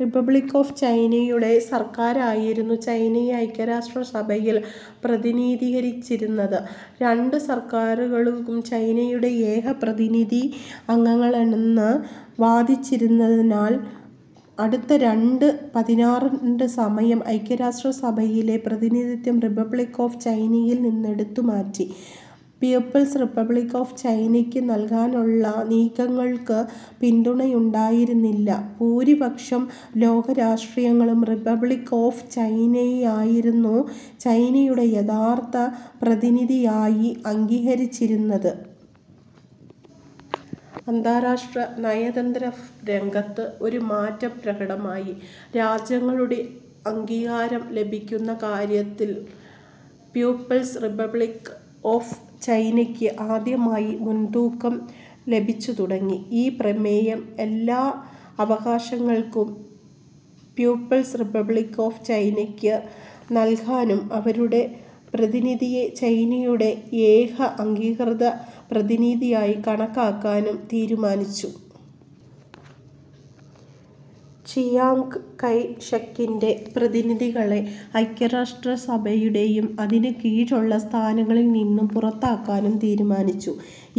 Republic of ചൈനയുടെ സർക്കാരായിരുന്നു ചൈനയെ ഐക്യരാഷ്ട്രസഭയിൽ പ്രതിനിധീകരിച്ചിരുന്നത്. രണ്ട് സർക്കാരുകളും ചൈനയുടെ ഏക പ്രതിനിധി തങ്ങളാണെന്ന് വാദിച്ചിരുന്നതിനാൽ അടുത്ത രണ്ട് പതിറ്റാണ്ട് സമയം ഐക്യരാഷ്ട്രസഭയിലെ പ്രാതിനിത്യം റിപ്പബ്ലിക്ക് ഓഫ് ചൈനയിൽ നിന്നെടുത്തുമാറ്റി പീപ്പിൾസ് റിപ്പബ്ലിക്ക് ഓഫ് ചൈനയ്ക്ക് നൽകാനുള്ള നീക്കങ്ങൾക്ക് പിന്തുണയുണ്ടായിരുന്നില്ല. ഭൂരിപക്ഷം ലോകരാഷ്ട്രങ്ങളും റിപ്പബ്ലിക്ക് ഓഫ് ചൈനയെയായിരുന്നു ചൈനയുടെ യഥാർത്ഥ പ്രതിനിധിയായി അംഗീകരിച്ചിരുന്നത്. അന്താരാഷ്ട്ര നയതന്ത്രരംഗത്ത് ഒരു മാറ്റം പ്രകടമായി. രാജ്യങ്ങളുടെ അംഗീകാരം ലഭിക്കുന്ന കാര്യത്തിൽ പീപ്പിൾസ് റിപ്പബ്ലിക്ക് ഓഫ് ചൈനയ്ക്ക് ആദ്യമായി മുൻതൂക്കം ലഭിച്ചുതുടങ്ങി. ഈ പ്രമേയം എല്ലാ അവകാശങ്ങളും പീപ്പിൾസ് റിപ്പബ്ലിക്ക് ഓഫ് ചൈനയ്ക്ക് നൽകാനും അവരുടെ പ്രതിനിധിയെ ചൈനയുടെ ഏക അംഗീകൃത പ്രതിനിധിയായി കണക്കാക്കാനും തീരുമാനിച്ചു. ചിയാംഗ് കൈ ഷകിൻ്റെ പ്രതിനിധികളെ ഐക്യരാഷ്ട്രസഭയുടെയും അതിനു കീഴിലുള്ള സ്ഥാനങ്ങളിൽ നിന്നും പുറത്താക്കാനും തീരുമാനിച്ചു.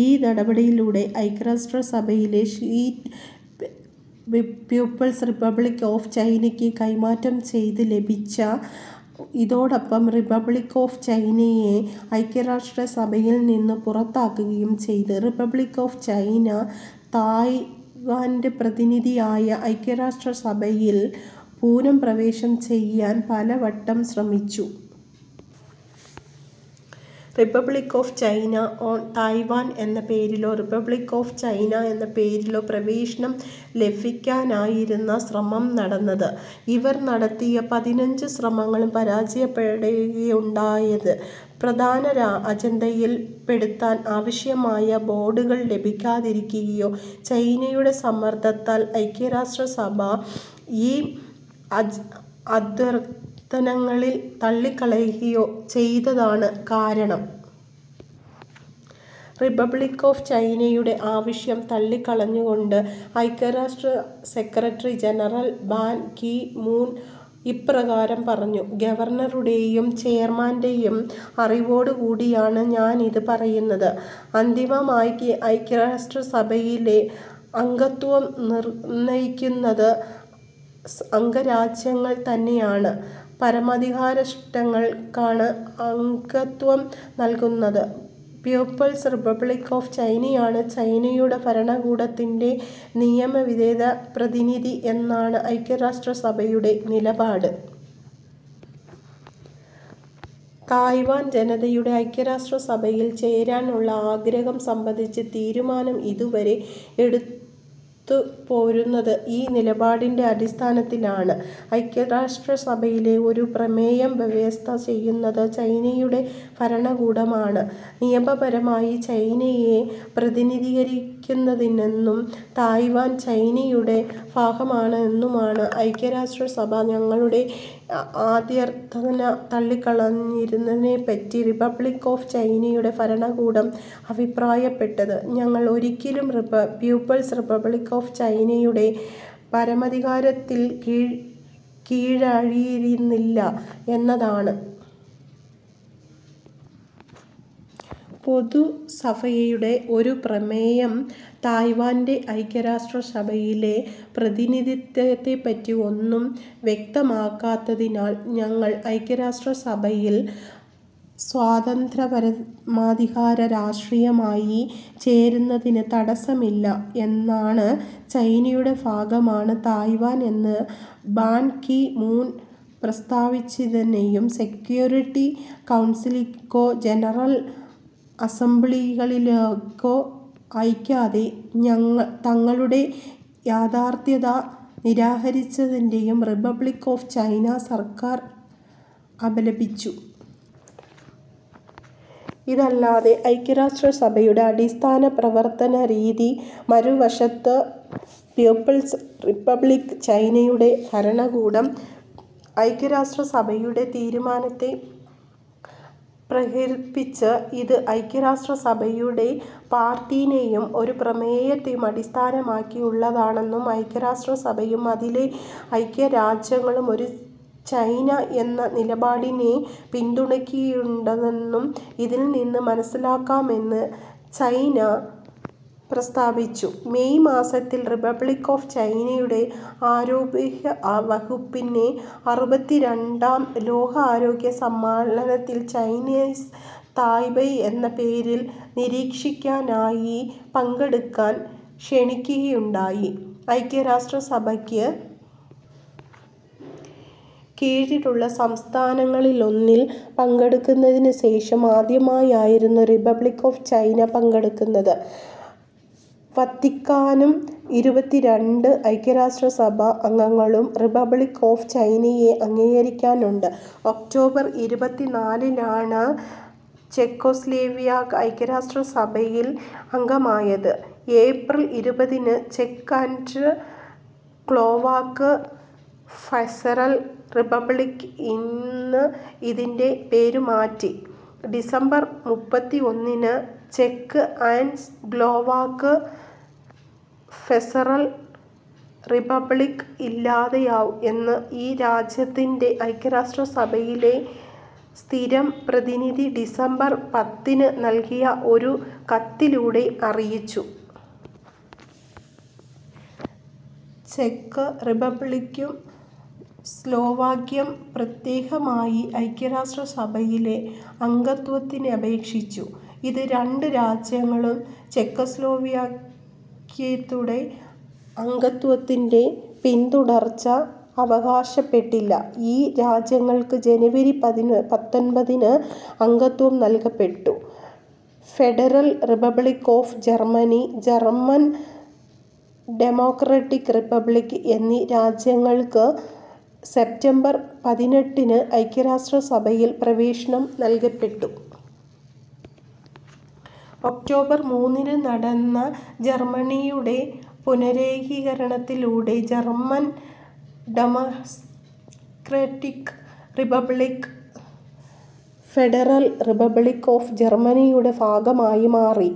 ഈ നടപടിയിലൂടെ ഐക്യരാഷ്ട്രസഭയിലെ സീറ്റ് പീപ്പിൾസ് റിപ്പബ്ലിക്ക് ഓഫ് ചൈനയ്ക്ക് കൈമാറ്റം ചെയ്തു ലഭിച്ചു. ഇതോടൊപ്പം റിപ്പബ്ലിക്ക് ഓഫ് ചൈനയെ ഐക്യരാഷ്ട്രസഭയിൽ നിന്ന് പുറത്താക്കുകയും ചെയ്തു. റിപ്പബ്ലിക്ക് ഓഫ് ചൈന തായ്‌വാന്റെപ്രതിനിധിയായി ഐക്യരാഷ്ട്രസഭയിൽ പുനഃപ്രവേശം ചെയ്യാൻ പലവട്ടം ശ്രമിച്ചു. Republic of China on Taiwan എന്ന പേരിലോ റിപ്പബ്ലിക്ക് ഓഫ് ചൈന എന്ന പേരിലോ പ്രവേശനം ലഭിക്കാനായിരുന്നു ശ്രമം നടന്നത്. ഇവർ നടത്തിയ പതിനഞ്ച് ശ്രമങ്ങളും പരാജയപ്പെടുകയാണുണ്ടായത്. പ്രധാന അജണ്ടയിൽ പെടുത്താൻ ആവശ്യമായ വോട്ടുകൾ ലഭിക്കാതിരിക്കുകയോ ചൈനയുടെ സമ്മർദ്ദത്താൽ ഐക്യരാഷ്ട്രസഭ ഈ അഭ്യർത്ഥനകൾ തള്ളിക്കളയുകയോ ചെയ്തതാണ് കാരണം. റിപ്പബ്ലിക്ക് ഓഫ് ചൈനയുടെ ആവശ്യം തള്ളിക്കളഞ്ഞുകൊണ്ട് ഐക്യരാഷ്ട്രസഭാ Secretary General Ban Ki Moon ഇപ്രകാരം പറഞ്ഞു. ഗവർണറുടെയും ചെയർമാൻ്റെയും അറിവോടുകൂടിയാണ് ഞാൻ ഇത് പറയുന്നത്. അന്തിമമായി ഐക്യരാഷ്ട്രസഭയിലെ അംഗത്വം നിർണയിക്കുന്നത് അംഗരാജ്യങ്ങൾ തന്നെയാണ്. പരമാധികാരരാഷ്ട്രങ്ങൾക്കാണ് അംഗത്വം നൽകുന്നത്. പീപ്പിൾസ് റിപ്പബ്ലിക്ക് ഓഫ് ചൈനയാണ് ചൈനയുടെ ഭരണകൂടത്തിൻ്റെ നിയമവിധേയ പ്രതിനിധി എന്നാണ് ഐക്യരാഷ്ട്രസഭയുടെ നിലപാട്. തായ്‌വാൻ ജനതയുടെ ഐക്യരാഷ്ട്രസഭയിൽ ചേരാനുള്ള ആഗ്രഹം സംബന്ധിച്ച തീരുമാനം ഇതുവരെ എടുത്തുപോരുന്നത് ഈ നിലപാടിൻ്റെ അടിസ്ഥാനത്തിലാണ്. ഐക്യരാഷ്ട്രസഭയിലെ ഒരു പ്രമേയം വ്യവസ്ഥ ചെയ്യുന്നത്, ചൈനയുടെ ഭരണകൂടമാണ് നിയമപരമായി ചൈനയെ പ്രതിനിധീകരിക്കുന്നതെന്നും തായ്‌വാൻ ചൈനയുടെ ഭാഗമാണെന്നുമാണ്. ഐക്യരാഷ്ട്രസഭ തങ്ങളുടെ അഭ്യർത്ഥന തള്ളിക്കളഞ്ഞതിനെപ്പറ്റി റിപ്പബ്ലിക്ക് ഓഫ് ചൈനയുടെ ഭരണകൂടം അഭിപ്രായപ്പെട്ടത് തങ്ങൾ ഒരിക്കലും പീപ്പിൾസ് റിപ്പബ്ലിക്ക് ഓഫ് ചൈനയുടെ പരമാധികാരത്തിൻ കീഴിലായിരുന്നില്ല എന്നാണ്. പൊതുസഭയുടെ ഒരു പ്രമേയം തായ്‌വാന്റെഐക്യരാഷ്ട്രസഭയിലെ പ്രാതിനിത്യത്തെപ്പറ്റി ഒന്നും വ്യക്തമാക്കാത്തതിനാൽ തങ്ങൾ ഐക്യരാഷ്ട്രസഭയിൽ സ്വതന്ത്രപരമാധികാര രാഷ്ട്രമായി ചേരുന്നതിന് തടസ്സമില്ല എന്നാണ്. ചൈനയുടെ ഭാഗമാണ് തായ്‌വാൻ എന്ന് ബാൻ കി മൂൺ പ്രസ്താവിച്ചതിനെയും സെക്യൂരിറ്റി കൗൺസിലിലേക്കോ ജനറൽ അസംബ്ലിയിലേലേക്കോ അയയ്ക്കാതെ തങ്ങളുടെ അഭ്യർത്ഥന നിരാകരിച്ചതിനെയും റിപ്പബ്ലിക്ക് ഓഫ് ചൈന സർക്കാർ അപലപിച്ചു. ഇതല്ലത്രേ ഐക്യരാഷ്ട്രസഭയുടെ അടിസ്ഥാന പ്രവർത്തനരീതി. മറുവശത്ത് പീപ്പിൾസ് റിപ്പബ്ലിക്ക് ഓഫ് ചൈനയുടെ ഭരണകൂടം ഐക്യരാഷ്ട്രസഭയുടെ തീരുമാനത്തെ പ്രകീർത്തിച്ചു. ഇത് ഐക്യരാഷ്ട്രസഭയുടെ ചാർട്ടറിനെയും ഒരു പ്രമേയത്തെയും അടിസ്ഥാനമാക്കിയുള്ളതാണെന്നും, ഐക്യരാഷ്ട്രസഭയും അതിലെ അംഗരാജ്യങ്ങളും ഒരു ചൈന എന്ന നിലപാടിനെ പിന്തുണയ്ക്കുന്നുണ്ടെന്നും ഇതിൽ നിന്ന് മനസ്സിലാക്കാമെന്ന് ചൈന പ്രസ്താവിച്ചു. മേയ് മാസത്തിൽ റിപ്പബ്ലിക്ക് ഓഫ് ചൈനയുടെ ആരോഗ്യവകുപ്പിനെ അറുപത്തിരണ്ടാം ലോകാരോഗ്യ സമ്മേളനത്തിൽ ചൈനീസ് തായ്പേയ് എന്ന പേരിൽ നിരീക്ഷകനായി പങ്കെടുക്കാൻ ക്ഷണിക്കുകയുണ്ടായി. ഐക്യരാഷ്ട്രസഭയ്ക്ക് കീഴിലുള്ള സംഘടനകളിലൊന്നിൽ പങ്കെടുത്തതിന് ശേഷം ആദ്യമായായിരുന്നു റിപ്പബ്ലിക്ക് ഓഫ് ചൈന പങ്കെടുക്കുന്നത്. വത്തിക്കാനും ഇരുപത്തിരണ്ട് ഐക്യരാഷ്ട്രസഭാ അംഗങ്ങളും റിപ്പബ്ലിക്ക് ഓഫ് ചൈനയെ അംഗീകരിക്കുന്നുണ്ട്. ഒക്ടോബർ ഇരുപത്തി നാലിനാണ് ചെക്കോസ്ലാവാക്യ ഐക്യരാഷ്ട്രസഭയിൽ അംഗമായത്. ഏപ്രിൽ ഇരുപതിന് ചെക്ക് ആൻഡ് സ്ലോവാക്ക് ഫെഡറൽ റിപ്പബ്ലിക്ക് എന്ന് ഇതിൻ്റെ പേരുമാറി. ഡിസംബർ മുപ്പത്തി ഒന്നിന് ചെക്ക് ആൻഡ് സ്ലോവാക്ക് ഫെഡറൽ റിപ്പബ്ലിക്ക് ഇല്ലാതെയാവും എന്ന് ഈ രാജ്യത്തിൻ്റെ ഐക്യരാഷ്ട്രസഭയിലെ സ്ഥിരം പ്രതിനിധി ഡിസംബർ പത്തിനു നൽകിയ ഒരു കത്തിലൂടെ അറിയിച്ചു. ചെക്ക് റിപ്പബ്ലിക്കും സ്ലോവാക്യയും പ്രത്യേകമായി ഐക്യരാഷ്ട്രസഭയിലെ അംഗത്വത്തിനപേക്ഷിച്ചു. ഈ രണ്ട് രാജ്യങ്ങളും ചെക്കോസ്ലോവാക്യയുടെ അംഗത്വത്തിൻ്റെ പിൻതുടർച്ച അവകാശപ്പെട്ടില്ല. ഈ രാജ്യങ്ങൾക്ക് ജനുവരി പത്തൊൻപതിനു അംഗത്വം നൽകപ്പെട്ടു. Federal Republic of Germany, German Democratic Republic എന്നീ രാജ്യങ്ങൾക്ക് സെപ്റ്റംബർ പതിനെട്ടിനു ഐക്യരാഷ്ട്രസഭയിൽ പ്രവേശനം നൽകപ്പെട്ടു. ഒക്ടോബർ മൂന്നിന് നടന്ന ജർമനിയുടെ പുനരേകീകരണത്തിലൂടെ German Democratic Republic Federal Republic of ജർമനിയുടെ ഭാഗമായി മാറി.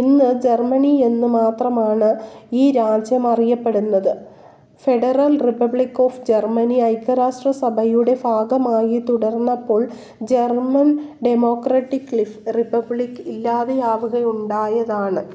ഇന്ന് ജർമനി എന്നു മാത്രമാണ് ഈ രാജ്യം അറിയപ്പെടുന്നത്. ഫെഡറൽ റിപ്പബ്ലിക്ക് ഓഫ് ജർമനി ഐക്യരാഷ്ട്രസഭയുടെ ഭാഗമായി തുടർന്നപ്പോൾ ജർമൻ ഡെമോക്രാറ്റിക് റിപ്പബ്ലിക്ക് ഇല്ലാതെയാവുകയാണുണ്ടായത്.